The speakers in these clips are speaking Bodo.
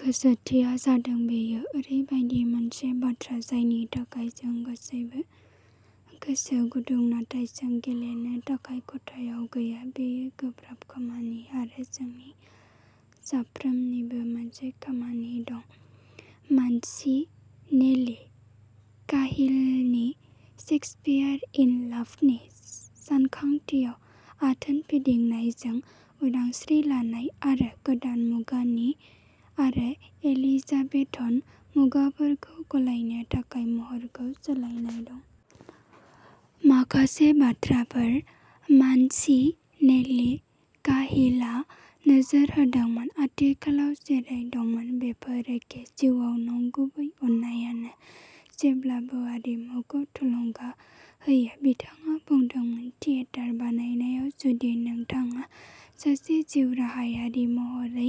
गोसोथिआ जादों बेयो ओरैबायदि मोनसे बाथ्रा जायनि थाखाय जों गासैबो गोसो गुदुं, नाथाय जों गेलेनो थाखाय खथायाव गैया। बेयो गोब्राब खामानि आरो जोंनि साफ्रोमनिबो मोनसे खामानि दं। 'मानसिनेलि-काहिलनि" शेक्सपियार इन लाभ " नि सानखांथियाव आथोन फिदिंनायजों उदांस्रि लानाय आरो गोदान मुगानि आरो एलिजाबेथन मुगाफोरखौ गलायनो थाखाय महरखौ सोलायनाय दं। माखासे बाथ्राफोर, मानसिनेलि-काहिलआ नोजोर होदोंमोन, आथिखालाव जेरै दंमोन बेफोर एखे। जिउआव नंगुबै अननायानो जेब्लाबो आरिमुखौ थुलुंगा होयो। बिथाङा बुंदोंमोन थियेटार बानायनायाव जुदि नोंथाङा सासे जिउराहायारि महरै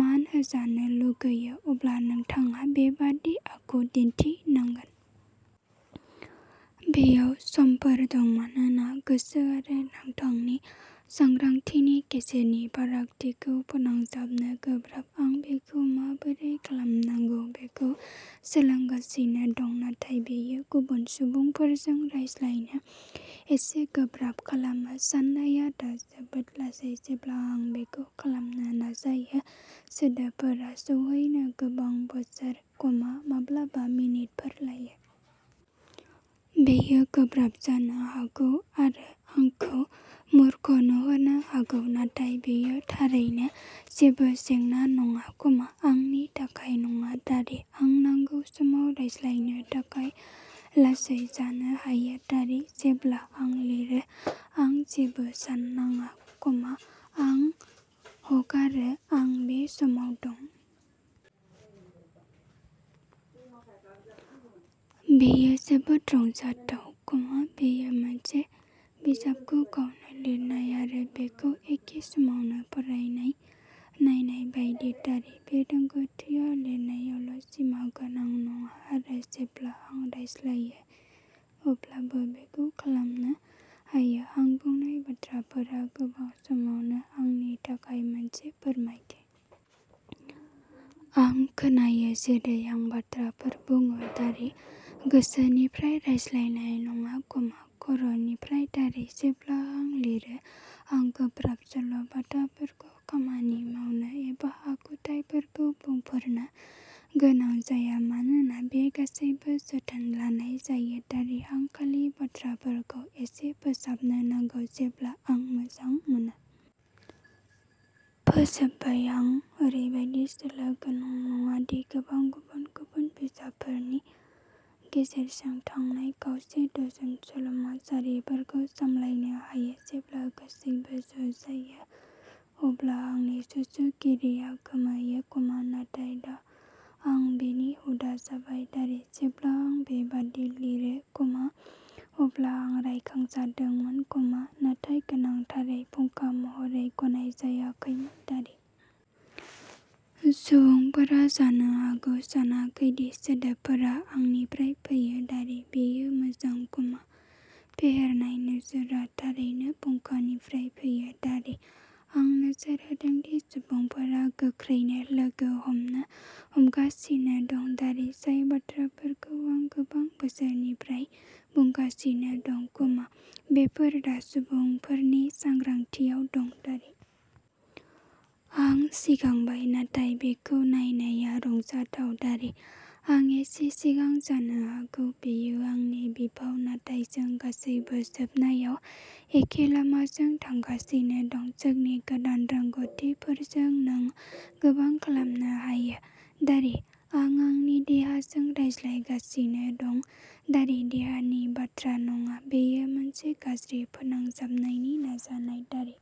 मान होजानो लुगैयो, अब्ला नोंथाङा बेबादि आखु दिन्थिनांगोन। बेयाव समफोर दं मानोना गोसो आरो नोंथांनि सांग्रांथिनि गेजेरनि फारागथिखौ फोनांजाबनो गोब्राब। आं बेखौ माबोरै खालामनांगौ बेखौ सोलोंगासिनो दं नाथाय बेयो गुबुन सुबुंफोरजों रायज्लायनो एसे गोब्राब खालामो। साननाया दा जोबोद लासै। जेब्ला आं बेखौ खालामनो नाजायो सोदोबफोरा सौहैनो गोबां बोसोर, माब्लाबा मिनिटफोर लायो। बेयो गोब्राब जानो हागौ आरो आंखौ मूर्ख नुहोनो हागौ नाथाय बेयो थारैनो जेबो जेंना नङा, आंनि थाखाय नङा। आं नांगौ समाव रायज्लायनो थाखाय लासै जानो हायो। जेब्ला आं लिरो आं जेबो साननाङा, आं हगारो आं बे समाव दं। बेयो जोबोद रंजाथाव, बेयो मोनसे बिजाबखौ गावनो लिरनाय आरो बेखौ एखे समावनो फरायनाय नायनाय बायदि। बे रोंग'थिआ लिरनायावल' सिमागोनां नङा आरो जेब्ला आं रायज्लायो अब्लाबो बेखौ खालामनो हायो। आं बुंनाय बाथ्राफोरा गोबां समावनो आंनि थाखाय मोनसे फोरमायथि। आं खोनायो जेरै आं बाथ्राफोर बुङो। गोसोनिफ्राय रायज्लायनाय नङा, खर'निफ्राय। जेब्ला आं लिरो आं गोब्राब सल'बाथाफोरखौ खामानि मावनो एबा आखुथाइफोरखौ बुंफोरनो गोनां जाया मानोना बे गासैबो जोथोन लानाय जायो। आं खालि बाथ्राफोरखौ एसे फोसाबनो नांगौ जेब्ला आं मोजां मोनो। फोजोबबाय। आं ओरैबायदि सोलो गोनां नङा दि गोबां गुबुन-गुबुन बिजाबफोरनि गेजेरजों थांनाय खावसे डजन सल'मा सारिफोरखौ सामलायनो हायो। जेब्ला गासैबो ज' जायो अब्ला आंनि सुजुगिरिया गोमोयो, नाथाय दा आं बेनि हुदा जाबाय। जेब्ला आं बेबादि लिरो, अब्ला आं रायखांजादोंमोन, नाथाय गोनांथारै फुंखा महरै गनायजायाखैमोन। सुबुंफोरा जानो हागौ सानाखै दि सोदोबफोरा आंनिफ्राय फैयो। बेयो मोजां, फेहेरनाय नोजोरआ थारैनो फुंखानिफ्राय फैयो। आं नोजोर होदों दि सुबुंफोरा गोख्रैनो लोगो हमनो हमगासिनो दं। जाय बाथ्राफोरखौ आं गोबां बोसोरनिफ्राय बुंगासिनो दं, बेफोर दा सुबुंफोरनि सांग्रांथियाव दं। आं सिगांबाय नाथाय बेखौ नायनाया रंजाथाव। आं एसे सिगां जानो हागौ, बेयो आंनि बिफाव नाथाय जों गासैबो जोबनायाव एखे लामाजों थांगासिनो दं। जोंनि गोदान रोंग'थिफोरजों नों गोबां खालामनो हायो। आं आंनि देहाजों रायज्लायगासिनो दं। देहानि बाथ्रा नङा, बेयो मोनसे गाज्रि फोनांजाबनायनि नाजानाय।